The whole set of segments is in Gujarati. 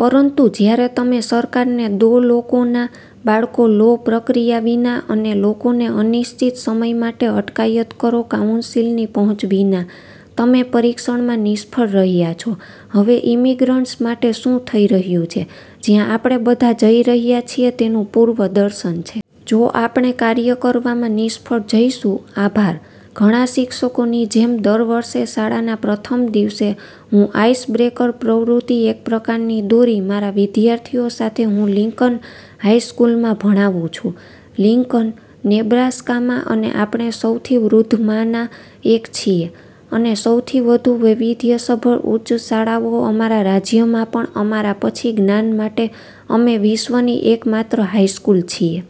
પરંતુ જ્યારે તમે સરકારને દો લોકોના બાળકો લો પ્રક્રિયા વિના અને લોકોને અનિશ્ચિત સમય માટે અટકાયત કરો કાઉન્સિલની પહોંચ વિના, તમે પરીક્ષણમાં નિષ્ફળ રહ્યા છો. હવે ઇમિગ્રન્ટ્સ માટે શું થઈ રહ્યું છે, જ્યાં આપણે બધા જઇ રહ્યા છીએ તેનું પૂર્વદર્શન છે. જો આપણે કાર્ય કરવામાં નિષ્ફળ જઈશું. આભાર. ઘણા શિક્ષકોની જેમ, દર વર્ષે શાળાના પ્રથમ દિવસે, હું આઇસબ્રેકર પ્રવૃત્તિ એક પ્રકારની દોરી મારા વિદ્યાર્થીઓ સાથે હું લિંકન હાઇ સ્કૂલમાં ભણાવું છું .લિંકન, નેબ્રાસ્કામાં અને આપણે સૌથી વૃદ્ધમાંના એક છીએ અને સૌથી વધુ વૈવિધ્યસભર ઉચ્ચ શાળાઓ અમારા રાજ્યમાં પણ, અમારા પછી જ્ઞાન માટે, અમે વિશ્વની એકમાત્ર હાઇ સ્કૂલ છીએ.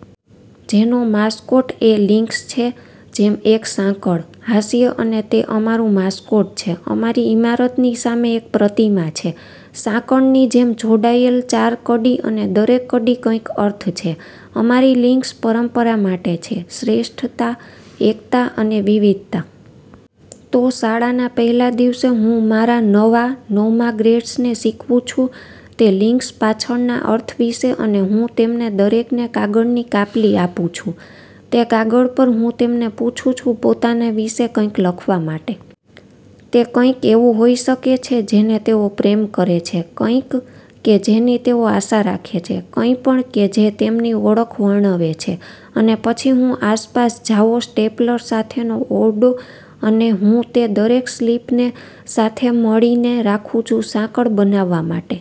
જેનો માસ્કોટ એ લિંક્સ છે. જેમ, એક સાંકળ. હાસ્ય અને તે અમારું માસ્કોટ છે, અમારી ઇમારતની સામે એક પ્રતિમા છે. સાંકળની જેમ જોડાયેલ ચાર કડી અને દરેક કડી કંઈક અર્થ છે. અમારી લિંક્સ પરંપરા માટે છે, શ્રેષ્ઠતા, એકતા અને વિવિધતા. તો શાળાના પહેલા દિવસે હું મારા નવા નવમા-ગ્રેડર્સને શીખવું છું તે લિંક્સ પાછળના અર્થ વિશે અને હું તેમને દરેકને કાગળની કાપલી આપુંછું. તે કાગળ પર, હું તેમને પૂછું છું પોતાના વિશે કંઈક લખવા માટે. તેકંઈક એવું હોઈ શકે છે જેને તેઓ પ્રેમ કરે છે, કંઈક કે જેની તેઓ આશા રાખે છે, કંઈપણ કે જે તેમની ઓળખ વર્ણવે છે અને પછી હું આસપાસ જાઓ સ્ટેપલર સાથેનો ઓરડો અને હું તે દરેક સ્લિપને સાથે મળીને રાખું છું સાંકળ બનાવવા માટે.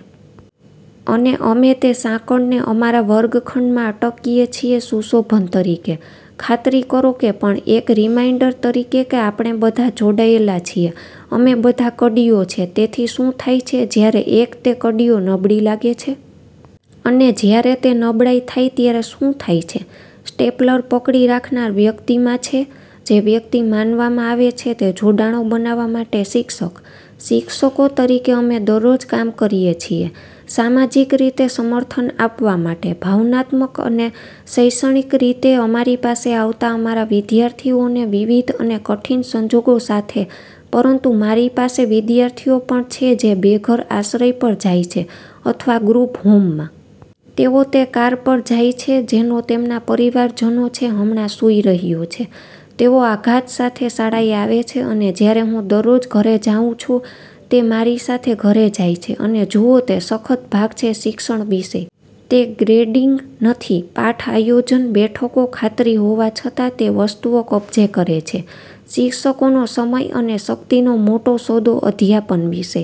અને અમે તે સાંકળને અમારા વર્ગખંડમાં અટકીએ છીએ સુશોભન તરીકે, ખાતરી કરો કે, પણ એક રીમાઇન્ડર તરીકે કે આપણે બધા જોડાયેલા છીએ. અમે બધા કડીઓ છે. તેથી શું થાય છે જ્યારે એક તે કડીઓ નબળી લાગે છે? અને જ્યારે તે નબળાઇ થાય ત્યારે શું થાય છે, સ્ટેપલર પકડી રાખનાર વ્યક્તિમાં છે? જે વ્યક્તિ માનવામાં આવે છે તે જોડાણો બનાવવા માટે શિક્ષક. શિક્ષકો તરીકે અમે દરરોજ કામ કરીએ છીએ. સામાજિક રીતે સમર્થન આપવા માટે, ભાવનાત્મક અને શૈક્ષણિક રીતે અમારી પાસે આવતા અમારા વિદ્યાર્થીઓને વિવિધ અને કઠિન સંજોગો સાથે, પરંતુ મારી પાસે વિદ્યાર્થીઓ પણ છે જે બેઘર આશ્રય પર જાય છે અથવા ગ્રુપ હોમમાં. તેઓ તે કાર પર જાય છે જેનો તેમના પરિવારજનો છે હમણાં સૂઈ રહ્યો છે. તેઓ આઘાત સાથે શાળાએ આવે છે, અને જ્યારે હું દરરોજ ઘરે જઉં છું, તે મારી સાથે ઘરે જાય છે અને જુઓ તે સખત ભાગ છે શિક્ષણ વિશે. તે ગ્રેડિંગ નથી, પાઠ આયોજન, બેઠકો, ખાતરી હોવા છતાં, તે વસ્તુઓ કબજે કરે છે. શિક્ષકોનો સમય અને શક્તિનો મોટો સોદો અધ્યાપન વિશે.